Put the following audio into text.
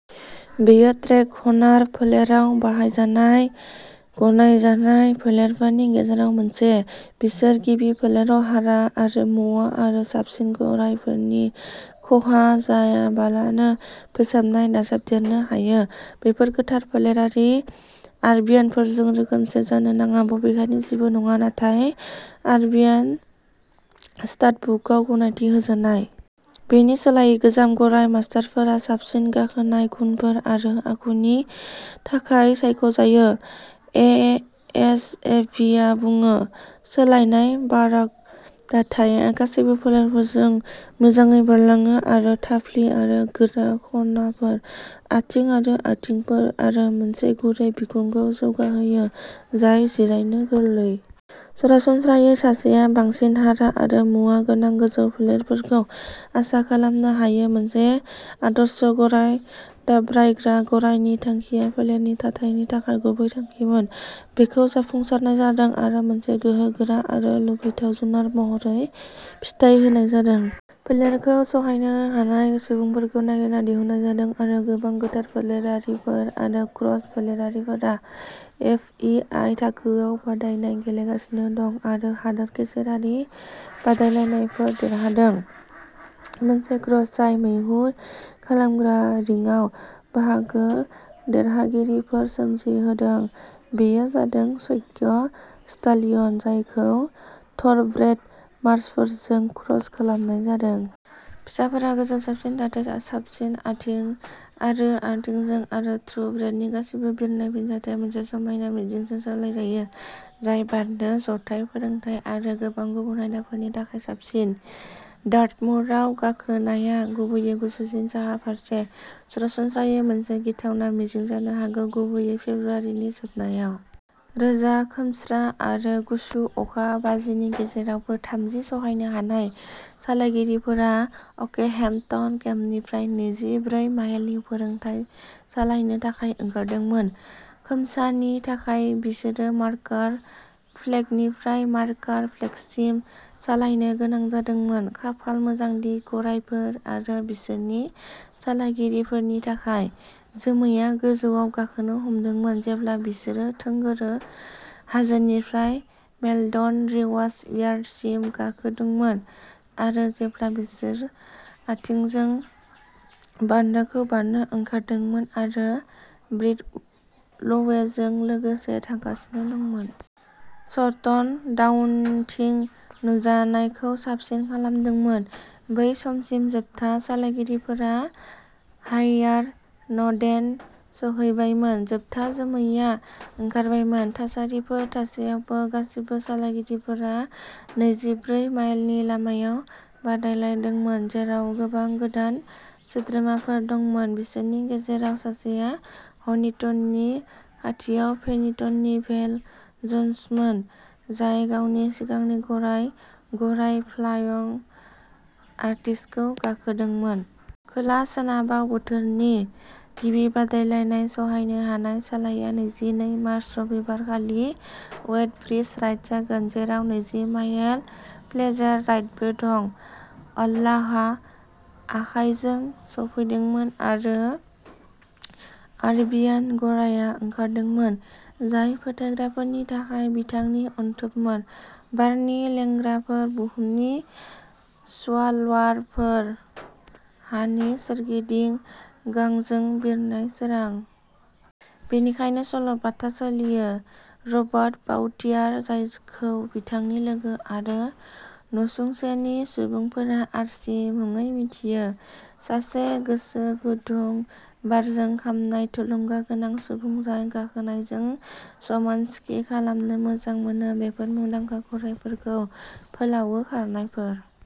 बेयो ट्रेकहनार फोलेराव बाहायजानाय गनायजानाय फोलेरफोरनि गेजेराव मोनसे। बिसोर गिबि फोलेराव हारा आरो मुवा आरो साबसिन गरायफोरनि खहा जायालाबानो फोसाबनाय दाजाबदेरनो हायो। बेफोरो गोथार फोलेरारि आरबियानफोरजों रोखोमसे जानो नाङा, बबेखानि जेबो नङा, नाथाय आरबियान, स्टाडबुकआव गनायथि होजानाय। बेनि सोलायै गोजाम गराय मास्टारफोरा साबसिन गाखोनाय गुनफोर आरो आखुनि थाखाय सायख'जायो, एएसएभिआ बुङो। सोलायनाय बारक दाथाया गासैबो फोलेरफोरजों मोजाङै बारलाङो आरो थाफ्लि आरो गोरा खनाफोर, आथिं आरो आथिंफोर आरो मोनसे गुरै बिखुंखौ जौगाहोयो जाय जिरायनो गोरलै। सरासनस्रायै सासेया बांसिन हारा आरो मुवा गोनां गोजौ फोलेरफोरखौ आसा खालामनो हायो। मोनसे आदर्श गराय दाब्रायग्रा गरायनि थांखिया फोलेरनि थाथायनि थाखाय गुबै थांखिमोन। बेखौ जाफुंसारनाय जादों आरो मोनसे गोहोगोरा आरो लुबैथाव जुनार महरै फिथाय होनाय जादों। फोलेरखौ सहायनो हानाय सुबुंफोरजों नागिरना दिहुननाय जादों आरो गोबां गोथार फोलेरारिफोर आरो क्रस फोलेरारिफोरा एफईआई थाखोआव बादायनाय गेलेगासिनो दं आरो हादोर गेजेरारि बादायलायनायफोर देरहादों। मोनसे क्रस जाय मैहुर खालामग्रा रिंआव बाहागो देरहागिरिफोर सोमजिहोदों, बेयो जादों शग्या स्टालियन, जायखौ थ'रब्रेड मार्सफोरजों क्रस खालामनाय जादों। फिसाफोरा गोजौ, साबसिन दाथाय, साबसिन आथिं आरो आथिंजों, आरो थ्रुब्रेडनि गासिबो बिरनाय फिनजाथाया मोनसे समायना मिजिंजों सोलायजायो, जाय बारनो, जथाय फोरोंथाय आरो गोबां गुबुन आयदाफोरनि थाखाय साबसिन। डार्टमुरआव गाखोनाया, गुबैयै गुसुसिन साहा फारसे, सरासनस्रायै मोनसे गिथावना मिजिं जानो हागौ, गुबैयै फेब्रुआरिनि जोबनायाव। रोजा खोमस्रा आरो गुसु अखा बाजिनि गेजेरावबो थामजि सहायनो हानाय सालायगिरिफोरा अकेहेम्पटन केम्पनिफ्राय नैजि ब्रै माइलनि फोरोंथाय सालायनो थाखाय ओंखारदोंमोन। खोमसानि थाखाय बिसोरो मार्कार फ्लेगनिफ्राय मार्कार फ्लेगसिम सालायनो गोनां जादोंमोन। खाफाल मोजां दि गरायफोर आरो बिसोरनि सालायगिरिफोरनि थाखाय, जोमैआ गोजौआव गाखोनो हमदोंमोन जेब्ला बिसोरो थोंगोर हाजोनिफ्राय मेलडन रिजार्वयारसिम गाखोदोंमोन आरो जेब्ला बिसोरो आथिंजों बान्दोखौ बारनो ओंखारदोंमोन आरो ब्रिडलवेजों लोगोसे थांगासिनो दंमोन। सरटन डाउनथिं नुजानायखौ साबसिन खालामदोंमोन। बै समसिम, जोबथा सालायगिरिफोरा हाइयार नडेन सौहैबायमोन, जोबथा जोमैआ ओंखारबायमोन। थासारिफोर थासेयावबो, गासिबो सालायगिरिफोरा नैजि ब्रै माइलनि लामायाव बादायलायदोंमोन, जेराव गोबां गोदान सोद्रोमाफोर दंमोन। बिसोरनि गेजेराव सासेआ हनिटननि खाथियाव फेनिटननि भेल जन्समोन, जाय गावनि सिगांनि गराय गराय, फ्लाइं आर्टिस्टखौ गाखोदोंमोन। खोला सोनाबाव बोथोरनि गिबि बादायलायनाय सहायनो हानाय सालाया नैजि नै मार्च, रबिबार खालि वेडब्रिज राइड जागोन, जेराव नैजि माइल प्लेजार राइडबो दं। अल्लाहआ आखायजों सौफैदोंमोन आरो आरबियान गरायआ ओंखारदोंमोन, जाय फोथायग्राफोरनि थाखाय बिथांनि अनथोबमोन, बारनि लोंग्राफोर, बुहुमनि स्वालावारफोर, हानि सोरगिदिं गांजों बिरनाय सोरां। बेनिखायनो सल' बाथाआ सोलियो। रबार्ट बाउटियार, जायखौ बिथांनि लोगो आरो नसुंसेनि सुबुंफोरा आर्ची मुङै मिथियो, सासे गोसो गुदुं, बारजों खामनाय, थुलुंगागोनां सुबुं जाय गाखोनायजों समान स्की खालामनो मोजां मोनो, बेफोर मुंदांखा गरायफोरखौ फोलावो, खारनायफोर।